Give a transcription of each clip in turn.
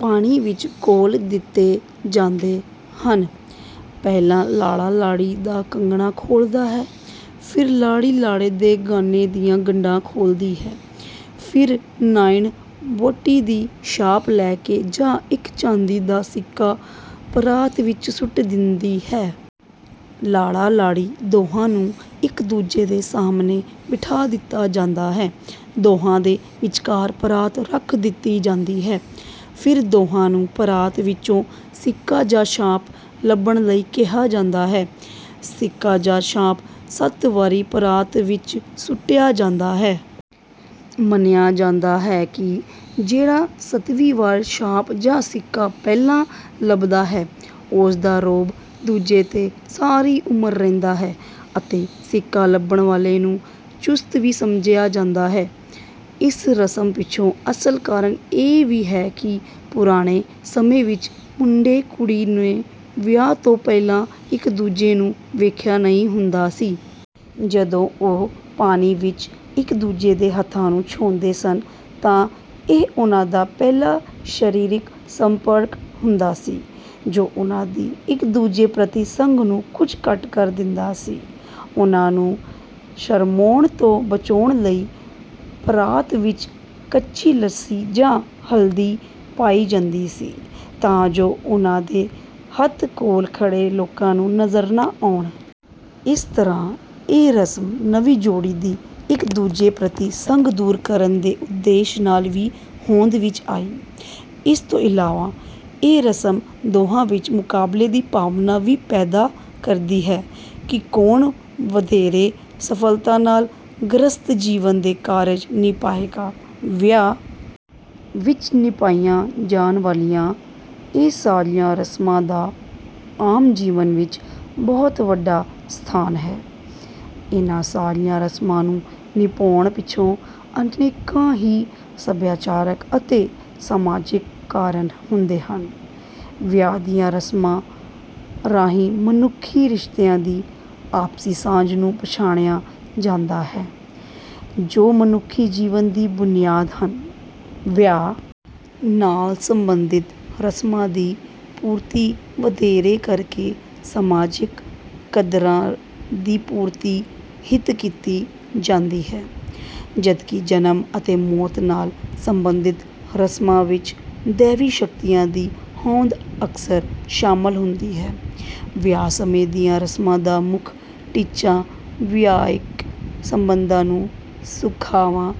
ਪਾਣੀ ਵਿੱਚ ਘੋਲ ਦਿੱਤੇ ਜਾਂਦੇ ਹਨ। ਪਹਿਲਾਂ ਲਾੜਾ-ਲਾੜੀ ਦਾ ਕੰਗਣਾ ਖੋਲ੍ਹਦਾ ਹੈ, ਫਿਰ ਲਾੜੀ ਲਾੜੇ ਦੇ ਗਾਨੇ ਦੀਆਂ ਗੰਢਾਂ ਖੋਲ੍ਹਦੀ ਹੈ। ਫਿਰ ਨਾਇਣ ਵਹੁਟੀ ਦੀ ਛਾਪ ਲੈ ਕੇ ਜਾਂ ਇੱਕ ਚਾਂਦੀ ਦਾ ਸਿੱਕਾ ਪਰਾਤ ਵਿੱਚ ਸੁੱਟ ਦਿੰਦੀ ਹੈ। ਲਾੜਾ-ਲਾੜੀ ਦੋਹਾਂ ਨੂੰ ਇੱਕ-ਦੂਜੇ ਦੇ ਸਾਹਮਣੇ ਬਿਠਾ ਦਿੱਤਾ ਜਾਂਦਾ ਹੈ। ਦੋਹਾਂ ਦੇ ਵਿਚਕਾਰ ਪਰਾਤ ਰੱਖ ਦਿੱਤੀ ਜਾਂਦੀ ਹੈ। ਫਿਰ ਦੋਹਾਂ ਨੂੰ ਪਰਾਤ ਵਿੱਚੋਂ ਸਿੱਕਾ ਜਾਂ ਛਾਪ ਲੱਭਣ ਲਈ ਕਿਹਾ ਜਾਂਦਾ ਹੈ। ਸਿੱਕਾ ਜਾਂ ਛਾਪ ਸੱਤ ਵਾਰੀ ਪਰਾਤ ਵਿੱਚ ਸੁੱਟਿਆ ਜਾਂਦਾ ਹੈ। ਮੰਨਿਆ ਜਾਂਦਾ ਹੈ ਕਿ ਜਿਹੜਾ ਸੱਤਵੀਂ ਵਾਰ ਛਾਪ ਜਾਂ ਸਿੱਕਾ ਪਹਿਲਾਂ ਲੱਭਦਾ ਹੈ, ਉਸ ਦਾ ਰੋਹਬ ਦੂਜੇ ’ਤੇ ਸਾਰੀ ਉਮਰ ਰਹਿੰਦਾ ਹੈ ਅਤੇ ਸਿੱਕਾ ਲੱਭਣ ਵਾਲੇ ਨੂੰ ਚੁਸਤ ਵੀ ਸਮਝਿਆ ਜਾਂਦਾ ਹੈ। ਇਸ ਰਸਮ ਪਿੱਛੇ ਅਸਲ ਕਾਰਨ ਇਹ ਵੀ ਹੈ ਕਿ ਪੁਰਾਣੇ ਸਮੇਂ ਵਿੱਚ ਮੁੰਡੇ-ਕੁੜੀ ਨੇ ਵਿਆਹ ਤੋਂ ਪਹਿਲਾਂ ਇੱਕ-ਦੂਜੇ ਨੂੰ ਵੇਖਿਆ ਨਹੀਂ ਹੁੰਦਾ ਸੀ। ਜਦੋਂ ਉਹ ਪਾਣੀ ਵਿੱਚ ਇੱਕ-ਦੂਜੇ ਦੇ ਹੱਥਾਂ ਨੂੰ ਛੂਹਦੇ ਸਨ, ਤਾਂ ਇਹ ਉਹਨਾਂ ਦਾ ਪਹਿਲਾ ਸਰੀਰਕ ਸੰਪਰਕ ਹੁੰਦਾ ਸੀ, ਜੋ ਉਹਨਾਂ ਦੀ ਇੱਕ-ਦੂਜੇ ਪ੍ਰਤੀ ਸੰਗ ਨੂੰ ਕੁਝ ਘੱਟ ਕਰ ਦਿੰਦਾ ਸੀ। ਉਹਨਾਂ ਨੂੰ ਸ਼ਰਮਾਉਣ ਤੋਂ ਬਚਾਉਣ ਲਈ ਪਰਾਤ ਵਿੱਚ ਕੱਚੀ ਲੱਸੀ ਜਾਂ ਹਲਦੀ ਪਾਈ ਜਾਂਦੀ ਸੀ, ਤਾਂ ਜੋ ਉਹਨਾਂ ਦੇ ਹੱਥ ਕੋਲ ਖੜ੍ਹੇ ਲੋਕਾਂ ਨੂੰ ਨਜ਼ਰ ਨਾ ਆਉਣ। ਇਸ ਤਰ੍ਹਾਂ ਇਹ ਰਸਮ ਨਵੀਂ ਜੋੜੀ ਦੀ ਇੱਕ-ਦੂਜੇ ਪ੍ਰਤੀ ਸੰਗ ਦੂਰ ਕਰਨ ਦੇ ਉਦੇਸ਼ ਨਾਲ ਵੀ ਹੋਂਦ ਵਿੱਚ ਆਈ। ਇਸ ਤੋਂ ਇਲਾਵਾ, ਇਹ ਰਸਮ ਦੋਹਾਂ ਵਿੱਚ ਮੁਕਾਬਲੇ ਦੀ ਭਾਵਨਾ ਵੀ ਪੈਦਾ ਕਰਦੀ ਹੈ ਕਿ ਕੌਣ ਵਧੇਰੇ ਸਫ਼ਲਤਾ ਨਾਲ ਗ੍ਰਹਿਸਥ ਜੀਵਨ ਦੇ ਕਾਰਜ ਨਿਭਾਏਗਾ। ਵਿਆਹ ਵਿੱਚ ਨਿਭਾਈਆਂ ਜਾਣ ਵਾਲੀਆਂ ਇਹ ਸਾਰੀਆਂ ਰਸਮਾਂ ਦਾ ਆਮ ਜੀਵਨ ਵਿੱਚ ਬਹੁਤ ਵੱਡਾ ਸਥਾਨ ਹੈ। ਇਹਨਾਂ ਸਾਰੀਆਂ ਰਸਮਾਂ ਨੂੰ ਨਿਭਾਉਣ ਪਿੱਛੇ ਅਨੇਕਾਂ ਹੀ ਸੱਭਿਆਚਾਰਕ ਅਤੇ ਸਮਾਜਿਕ ਕਾਰਨ ਹੁੰਦੇ ਹਨ। ਵਿਆਹ ਦੀਆਂ ਰਸਮਾਂ ਰਾਹੀਂ ਮਨੁੱਖੀ ਰਿਸ਼ਤਿਆਂ ਦੀ ਆਪਸੀ ਸਾਂਝ ਨੂੰ ਪਛਾਣਿਆ ਜਾਂਦਾ ਹੈ, ਜੋ ਮਨੁੱਖੀ ਜੀਵਨ ਦੀ ਬੁਨਿਆਦ ਹਨ। ਵਿਆਹ ਨਾਲ ਸੰਬੰਧਿਤ ਰਸਮਾਂ ਦੀ ਪੂਰਤੀ ਵਧੇਰੇ ਕਰਕੇ ਸਮਾਜਿਕ ਕਦਰਾਂ ਦੀ ਪੂਰਤੀ ਹਿੱਤ ਕੀਤੀ ਜਾਂਦੀ ਹੈ, ਜਦਕਿ ਜਨਮ ਅਤੇ ਮੌਤ ਨਾਲ ਸੰਬੰਧਿਤ ਰਸਮਾਂ ਵਿੱਚ ਦੈਵੀ ਸ਼ਕਤੀਆਂ ਦੀ ਹੋਂਦ ਅਕਸਰ ਸ਼ਾਮਲ ਹੁੰਦੀ ਹੈ। ਵਿਆਹ ਸਮੇਂ ਦੀਆਂ ਰਸਮਾਂ ਦਾ ਮੁੱਖ ਟੀਚਾ ਵਿਆਹਿਕ ਸੰਬੰਧਾਂ ਨੂੰ ਸੁਖਾਵਾਂ,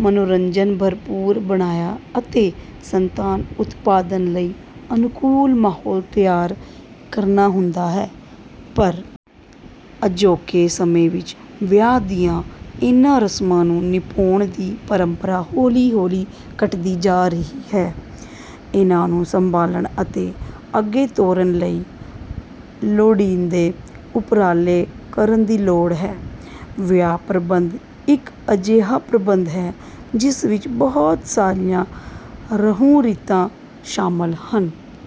ਮਨੋਰੰਜਨ-ਭਰਪੂਰ ਬਣਾਉਣਾ ਅਤੇ ਸੰਤਾਨ ਉਤਪਾਦਨ ਲਈ ਅਨੁਕੂਲ ਮਾਹੌਲ ਤਿਆਰ ਕਰਨਾ ਹੁੰਦਾ ਹੈ। ਪਰ ਅਜੋਕੇ ਸਮੇਂ ਵਿੱਚ ਵਿਆਹ ਦੀਆਂ ਇਹਨਾਂ ਰਸਮਾਂ ਨੂੰ ਨਿਭਾਉਣ ਦੀ ਪਰੰਪਰਾ ਹੌਲੀ-ਹੌਲੀ ਘੱਟਦੀ ਜਾ ਰਹੀ ਹੈ। ਇਹਨਾਂ ਨੂੰ ਸੰਭਾਲਣ ਅਤੇ ਅੱਗੇ ਤੋਰਨ ਲਈ ਲੋੜੀਂਦੇ ਉਪਰਾਲੇ ਕਰਨ ਦੀ ਲੋੜ ਹੈ। ਵਿਆਹ ਪ੍ਰਬੰਧ ਇੱਕ ਅਜਿਹਾ ਪ੍ਰਬੰਧ ਹੈ, ਜਿਸ ਵਿੱਚ ਬਹੁਤ ਸਾਰੀਆਂ ਰਹੁ-ਰੀਤਾਂ ਸ਼ਾਮਲ ਹਨ।